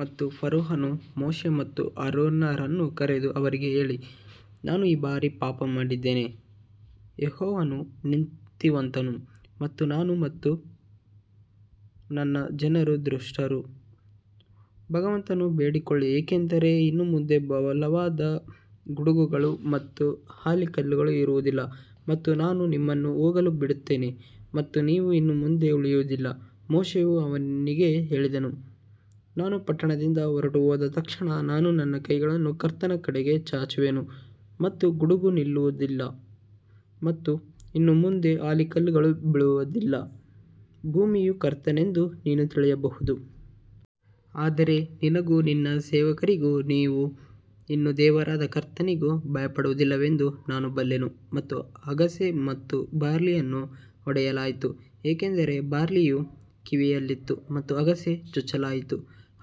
ಮತ್ತು ಫರೋಹನು ಮೋಶೆ ಮತ್ತು ಆರೋನರನ್ನು ಕರೆದು ಅವರಿಗೆ ಹೇಳಿ, ನಾನು ಈ ಬಾರಿ ಪಾಪ ಮಾಡಿದ್ದೇನೆ, ಯೆಹೋವನು ನೀತಿವಂತನು ಮತ್ತು ನಾನು ಮತ್ತು ನನ್ನ ಜನರು ದುಷ್ಟರು. ಭಗವಂತನನ್ನು ಬೇಡಿಕೊಳ್ಳಿ ಏಕೆಂದರೆ ಇನ್ನು ಮುಂದೆ ಬಲವಾದ ಗುಡುಗುಗಳು ಮತ್ತು ಆಲಿಕಲ್ಲುಗಳು ಇರುವುದಿಲ್ಲ ಮತ್ತು ನಾನು ನಿಮ್ಮನ್ನು ಹೋಗಲು ಬಿಡುತ್ತೇನೆ ಮತ್ತು ನೀವು ಇನ್ನು ಮುಂದೆ ಉಳಿಯುವುದಿಲ್ಲ ಮೋಶೆಯು ಅವನಿಗೆ ಹೇಳಿದನು, ನಾನು ಪಟ್ಟಣದಿಂದ ಹೊರಟುಹೋದ ತಕ್ಷಣ ನಾನು ನನ್ನ ಕೈಗಳನ್ನು ಕರ್ತನ ಕಡೆಗೆ ಚಾಚುವೆನು ಮತ್ತು ಗುಡುಗು ನಿಲ್ಲುವದಿಲ್ಲ ಮತ್ತು ಇನ್ನು ಮುಂದೆ ಆಲಿಕಲ್ಲುಗಳು ಬೀಳುವದಿಲ್ಲ ಭೂಮಿಯು ಕರ್ತನೆಂದು ನೀನು ತಿಳಿಯಬಹುದು. ಆದರೆ ನಿನಗೂ ನಿನ್ನ ಸೇವಕರಿಗೂ ನೀವು ಇನ್ನೂ ದೇವರಾದ ಕರ್ತನಿಗೆ ಭಯಪಡುವದಿಲ್ಲವೆಂದು ನಾನು ಬಲ್ಲೆನು ಮತ್ತು ಅಗಸೆ ಮತ್ತು ಬಾರ್ಲಿಯನ್ನು ಹೊಡೆಯಲಾಯಿತು ಏಕೆಂದರೆ ಬಾರ್ಲಿಯು ಕಿವಿಯಲ್ಲಿತ್ತು ಮತ್ತು ಅಗಸೆ ಚುಚ್ಚಲಾಯಿತು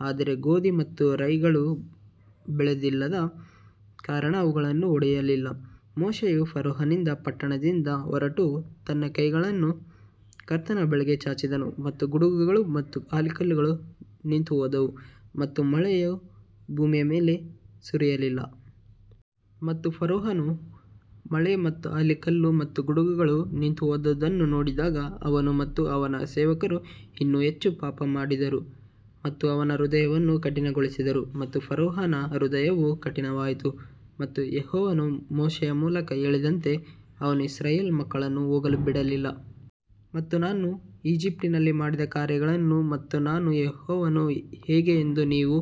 ಆದರೆ ಗೋಧಿ ಮತ್ತು ರೈಗಳು ಬೆಳೆದಿಲ್ಲದ ಕಾರಣ ಅವುಗಳನ್ನು ಹೊಡೆಯಲಿಲ್ಲ ಮೋಶೆಯು ಫರೋಹನಿಂದ ಪಟ್ಟಣದಿಂದ ಹೊರಟು ತನ್ನ ಕೈಗಳನ್ನು ಕರ್ತನ ಬಳಿಗೆ ಚಾಚಿದನು ಮತ್ತು ಗುಡುಗುಗಳು ಮತ್ತು ಆಲಿಕಲ್ಲುಗಳು ನಿಂತುಹೋದವು ಮತ್ತು ಮಳೆಯು ಭೂಮಿಯ ಮೇಲೆ ಸುರಿಯಲಿಲ್ಲ. ಮತ್ತು ಫರೋಹನು ಮಳೆ ಮತ್ತು ಆಲಿಕಲ್ಲು ಮತ್ತು ಗುಡುಗುಗಳು ನಿಂತುಹೋದುದನ್ನು ನೋಡಿದಾಗ ಅವನು ಮತ್ತು ಅವನ ಸೇವಕರು ಇನ್ನೂ ಹೆಚ್ಚು ಪಾಪ ಮಾಡಿದರು ಮತ್ತು ಅವನ ಹೃದಯವನ್ನು ಕಠಿಣಗೊಳಿಸಿದರು. ಮತ್ತು ಫರೋಹನ ಹೃದಯವು ಕಠಿಣವಾಯಿತು ಮತ್ತು ಯೆಹೋವನು ಮೋಶೆಯ ಮೂಲಕ ಹೇಳಿದಂತೆ ಅವನು ಇಸ್ರಾಯೇಲ್ ಮಕ್ಕಳನ್ನು ಹೋಗಲು ಬಿಡಲಿಲ್ಲ. ಮತ್ತು ನಾನು ಈಜಿಪ್ಟಿನಲ್ಲಿ ಮಾಡಿದ ಕಾರ್ಯಗಳನ್ನು ಮತ್ತು ನಾನು ಯೆಹೋವನು ಹೇಗೆ ಎಂದು ನೀವು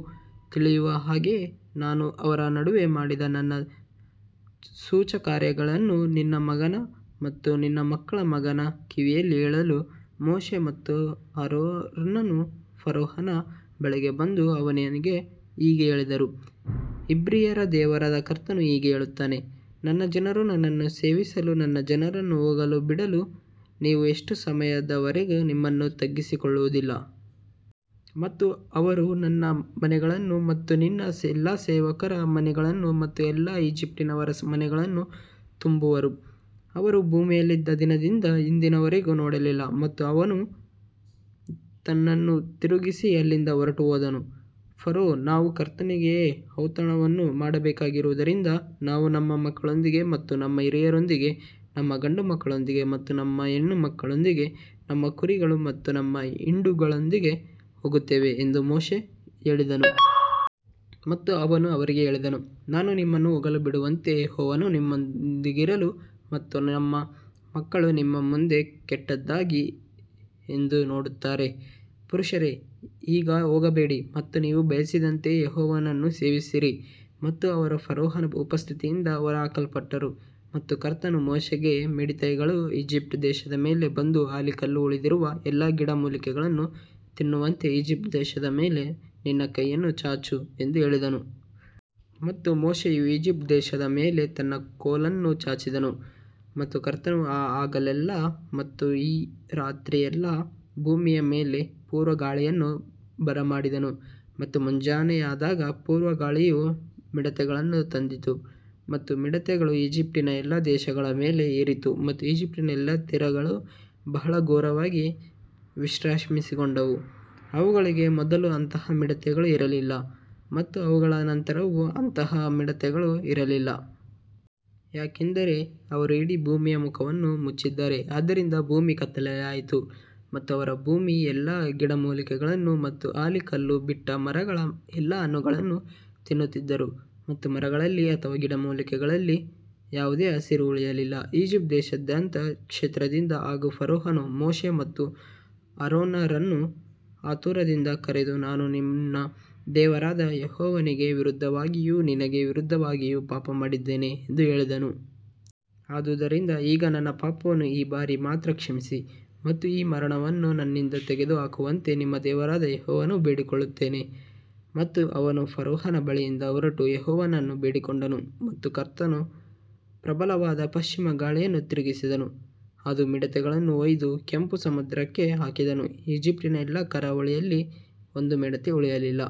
ತಿಳಿಯುವ ಹಾಗೆ ನಾನು ಅವರ ನಡುವೆ ಮಾಡಿದ ನನ್ನ ಸೂಚಕಕಾರ್ಯಗಳನ್ನು ನಿನ್ನ ಮಗನ ಮತ್ತು ನಿನ್ನ ಮಕ್ಕಳ ಮಗನ ಕಿವಿಯಲ್ಲಿ ಹೇಳಲು. ಮೋಶೆ ಮತ್ತು ಆರೋನರು ಫರೋಹನ ಬಳಿಗೆ ಬಂದು ಅವನಿಗೆ ಹೀಗೆ ಹೇಳಿದರು ಇಬ್ರಿಯರ ದೇವರಾದ ಕರ್ತನು ಹೀಗೆ ಹೇಳುತ್ತಾನೆ ನನ್ನ ಜನರು ನನ್ನನ್ನು ಸೇವಿಸಲು ನನ್ನ ಜನರನ್ನು ಹೋಗಲು ಬಿಡಲು ನೀವು ಎಷ್ಟು ಸಮಯದವರೆಗೆ ನಿಮ್ಮನ್ನು ತಗ್ಗಿಸಿಕೊಳ್ಳುವುದಿಲ್ಲ. ಮತ್ತು ಅವರು ನಿನ್ನ ಮನೆಗಳನ್ನು ಮತ್ತು ನಿನ್ನ ಎಲ್ಲಾ ಸೇವಕರ ಮನೆಗಳನ್ನು ಮತ್ತು ಎಲ್ಲಾ ಈಜಿಪ್ಟಿನವರ ಮನೆಗಳನ್ನು ತುಂಬುವರು, ಅವರು ಭೂಮಿಯಲ್ಲಿದ್ದ ದಿನದಿಂದ ಇಂದಿನವರೆಗೆ ನೋಡಲಿಲ್ಲ ಮತ್ತು ಅವನು ತನ್ನನ್ನು ತಿರುಗಿಸಿ ಅಲ್ಲಿಂದ ಹೊರಟುಹೋದನು. ಫರೋ ನಾವು ಕರ್ತನಿಗೆ ಔತಣವನ್ನು ಮಾಡಬೇಕಾಗಿರುವುದರಿಂದ ನಾವು ನಮ್ಮ ಮಕ್ಕಳೊಂದಿಗೆ ಮತ್ತು ನಮ್ಮ ಹಿರಿಯರೊಂದಿಗೆ ನಮ್ಮ ಗಂಡುಮಕ್ಕಳೊಂದಿಗೆ ಮತ್ತು ನಮ್ಮ ಹೆಣ್ಣುಮಕ್ಕಳೊಂದಿಗೆ ನಮ್ಮ ಕುರಿಗಳು ಮತ್ತು ನಮ್ಮ ಹಿಂಡುಗಳೊಂದಿಗೆ ಹೋಗುತ್ತೇವೆ ಎಂದು ಮೋಶೆ ಹೇಳಿದನು. ಮತ್ತು ಅವನು ಅವರಿಗೆ ಹೇಳಿದನು, ನಾನು ನಿಮ್ಮನ್ನು ಹೋಗಲು ಬಿಡುವಂತೆ ಯೆಹೋವನು ನಿಮ್ಮೊಂದಿಗಿರಲಿ ಮತ್ತು ನಿಮ್ಮ ಮಕ್ಕಳು ನಿಮ್ಮ ಮುಂದೆ ಕೆಟ್ಟದ್ದಾಗಿದೆ ಎಂದು ನೋಡುತ್ತಾರೆ. ಪುರುಷರೇ ಈಗ ಹೋಗಬೇಡಿ ಮತ್ತು ನೀವು ಬಯಸಿದಂತೆ ಯೆಹೋವನನ್ನು ಸೇವಿಸಿರಿ ಮತ್ತು ಅವರು ಫರೋಹನ ಉಪಸ್ಥಿತಿಯಿಂದ ಹೊರಹಾಕಲ್ಪಟ್ಟರು. ಮತ್ತು ಕರ್ತನು ಮೋಶೆಗೆ ಮಿಡತೆಗಳು ಈಜಿಪ್ಟ್ ದೇಶದ ಮೇಲೆ ಬಂದು ಆಲಿಕಲ್ಲು ಉಳಿದಿರುವ ಎಲ್ಲಾ ಗಿಡಮೂಲಿಕೆಗಳನ್ನು ತಿನ್ನುವಂತೆ ಈಜಿಪ್ಟ್ ದೇಶದ ಮೇಲೆ ನಿನ್ನ ಕೈಯನ್ನು ಚಾಚು ಎಂದು ಹೇಳಿದನು. ಮತ್ತು ಮೋಶೆಯು ಈಜಿಪ್ಟ್ ದೇಶದ ಮೇಲೆ ತನ್ನ ಕೋಲನ್ನು ಚಾಚಿದನು ಮತ್ತು ಕರ್ತನು ಆ ಹಗಲೆಲ್ಲಾ ಮತ್ತು ಆ ರಾತ್ರಿಯೆಲ್ಲಾ ಭೂಮಿಯ ಮೇಲೆ ಪೂರ್ವ ಗಾಳಿಯನ್ನು ಬರಮಾಡಿದನು ಮತ್ತು ಮುಂಜಾನೆಯಾದಾಗ ಪೂರ್ವ ಗಾಳಿಯು ಮಿಡತೆಗಳನ್ನು ತಂದಿತು. ಮತ್ತು ಮಿಡತೆಗಳು ಈಜಿಪ್ಟಿನ ಎಲ್ಲಾ ದೇಶಗಳ ಮೇಲೆ ಏರಿತು ಮತ್ತು ಈಜಿಪ್ಟಿನ ಎಲ್ಲಾ ತೀರಗಳಲ್ಲಿ ಬಹಳ ಘೋರವಾಗಿ ವಿಶ್ರಮಿಸಿಕೊಂಡವು, ಅವುಗಳಿಗೆ ಮೊದಲು ಅಂತಹ ಮಿಡತೆಗಳು ಇರಲಿಲ್ಲ ಮತ್ತು ಅವುಗಳ ನಂತರವೂ ಅಂತಹ ಮಿಡತೆಗಳು ಇರಲಿಲ್ಲ. ಯಾಕಂದರೆ ಅವರು ಇಡೀ ಭೂಮಿಯ ಮುಖವನ್ನು ಮುಚ್ಚಿದರು ಆದ್ದರಿಂದ ಭೂಮಿ ಕತ್ತಲೆಯಾಯಿತು ಮತ್ತು ಅವರು ಭೂಮಿಯ ಎಲ್ಲಾ ಗಿಡಮೂಲಿಕೆಗಳನ್ನು ಮತ್ತು ಆಲಿಕಲ್ಲು ಬಿಟ್ಟ ಮರಗಳ ಎಲ್ಲಾ ಹಣ್ಣುಗಳನ್ನು ತಿನ್ನುತ್ತಿದ್ದರು ಮತ್ತು ಮರಗಳಲ್ಲಿ ಅಥವಾ ಗಿಡಮೂಲಿಕೆಗಳಲ್ಲಿ ಯಾವುದೇ ಹಸಿರು ಉಳಿಯಲಿಲ್ಲ. ಈಜಿಪ್ಟ್ ದೇಶದಾದ್ಯಂತ ಕ್ಷೇತ್ರದಿಂದ ಆಗ ಫರೋಹನು ಮೋಶೆ ಮತ್ತು ಆರೋನರನ್ನು ಆತುರದಿಂದ ಕರೆದು ನಾನು ನಿನ್ನ ದೇವರಾದ ಯೆಹೋವನಿಗೆ ವಿರುದ್ಧವಾಗಿಯೂ ನಿನಗೆ ವಿರುದ್ಧವಾಗಿಯೂ ಪಾಪಮಾಡಿದ್ದೇನೆ ಎಂದು ಹೇಳಿದನು. ಆದುದರಿಂದ ಈಗ ನನ್ನ ಪಾಪವನ್ನು ಈ ಬಾರಿ ಮಾತ್ರ ಕ್ಷಮಿಸಿ ಮತ್ತು ಈ ಮರಣವನ್ನು ನನ್ನಿಂದ ತೆಗೆದುಹಾಕುವಂತೆ ನಿಮ್ಮ ದೇವರಾದ ಯೆಹೋವನನ್ನು ಬೇಡಿಕೊಳ್ಳುತ್ತೇನೆ. ಮತ್ತು ಅವನು ಫರೋಹನ ಬಳಿಯಿಂದ ಹೊರಟು ಯೆಹೋವನನ್ನು ಬೇಡಿಕೊಂಡನು ಮತ್ತು ಕರ್ತನು ಪ್ರಬಲವಾದ ಪಶ್ಚಿಮ ಗಾಳಿಯನ್ನು ತಿರುಗಿಸಿದನು, ಅದು ಮಿಡತೆಗಳನ್ನು ಒಯ್ದು ಕೆಂಪು ಸಮುದ್ರಕ್ಕೆ ಹಾಕಿದನು, ಈಜಿಪ್ಟಿನ ಎಲ್ಲಾ ಕರಾವಳಿಯಲ್ಲಿ ಒಂದು ಮಿಡತೆ ಉಳಿಯಲಿಲ್ಲ.